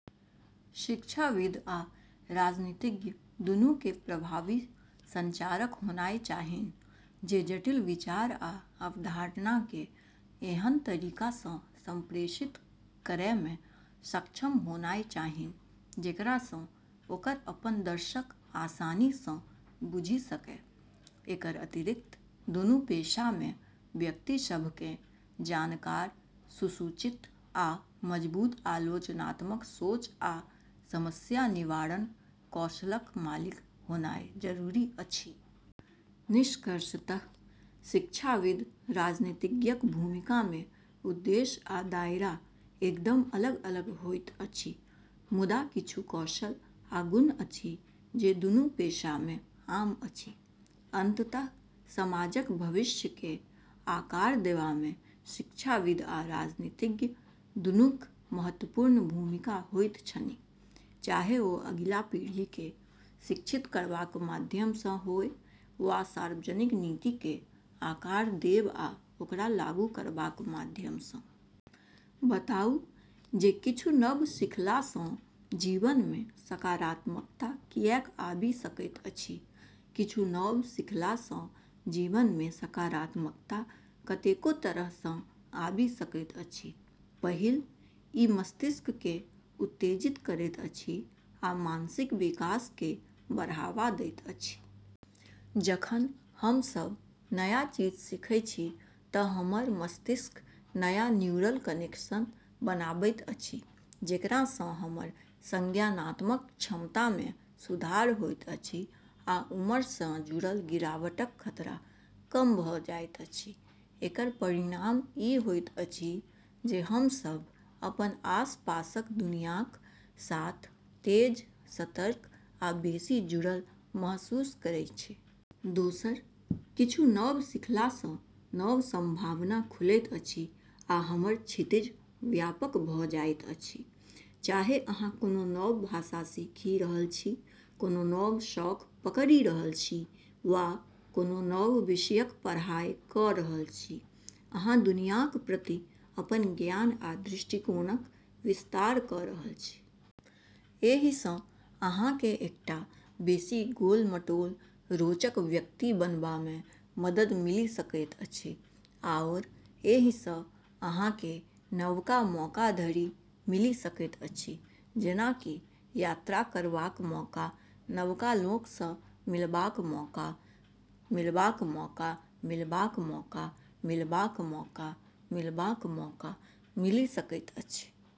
शिक्षाविद आ राजनीतिज्ञ दूनूकेँ प्रभावी सञ्चारक होनाइ चाहिन, जे जटिल विचार आ अवधारणाकेँ एहन तरीकासँ सम्प्रेषित करैमे सक्षम होनाइ चाहिन जेकरासँ ओकर अपन दर्शक आसानीसँ बुझि सकय। एकर अतिरिक्त, दूनू पेशामे व्यक्तिसभकेँ जानकार, सुसूचित आ मजबुत आलोचनात्मक सोच आ समस्या-निवारण कौशलक मालिक होनाइ जरूरी अछि। निष्कर्षतः, शिक्षाविद आ राजनीतिज्ञक भूमिकामे उद्देश्य आ दायरा एकदम अलग-अलग होइत अछि, मुदा किछु कौशल आ गुण अछि जे दूनू पेशामे आम अछि। अन्ततः समाजक भविष्यकेँ आकार देबामे शिक्षाविद आ राजनीतिज्ञ दूनूक महत्वपूर्ण भूमिका होइत छनि, चाहे ओ अगिला पीढ़ीकेँ शिक्षित करबाक माध्यमसँ होय वा सार्वजनिक नीतिकेँ आकार देब आ ओकरा लागू करबाक माध्यमसँ। बताऊ जे किछु नव सिखलासँ जीवनमे सकारात्मकता किएक आबि सकैत अछि। किछु नव सिखलासँ जीवनमे सकारात्मकता कतेको तरहसँ आबि सकैत अछि। पहिल, ई मस्तिष्ककेँ उत्तेजित करैत अछि आ मानसिक विकासकेँ बढ़ावा दैत अछि। जखन हम सभ नया चीज सिखै छी तँ हमर मस्तिष्क नया न्यूरल कनेक्सन बनाबैत अछि, जेकरासँ हमर संज्ञानात्मक क्षमतामे सुधार होइत अछि आ उमरसँ जुड़ल गिरावटक खतरा कम भऽ जाइत अछि। एकर परिणाम ई होइत अछि जे हम सभ अपन आसपासक दुनियाक साथ तेज, सतर्क आ बेसी जुड़ल महसूस करै छी। दोसर, किछु नव सिखलासँ नव सम्भावना खुलैत अछि आ हमर क्षितिज व्यापक भऽ जाइत अछि। चाहे अहाँ कोनो नव भाषा सीखि रहल छी, कोनो नव शौक पकड़ि रहल छी, वा कोनो नव विषयक पढ़ाई कऽ रहल छी, अहाँ दुनियाक प्रति अपन ज्ञान आ दृष्टिकोणक विस्तार कऽ रहल छी। एहिसँ अहाँकेँ एकटा बेसी गोल-मटोल, रोचक व्यक्ति बनबामे मदद मिलि सकैत अछि, आओर एहिसँ अहाँकेँ नवका मौका धरि मिलि सकैत अछि, जेना कि यात्रा करबाक मौका, नवका लोकसँ मिलबाक मौका मिलबाक मौका मिलबाक मौका मिलबाक मौका मिलबाक मौका मिलि सकैत अछि।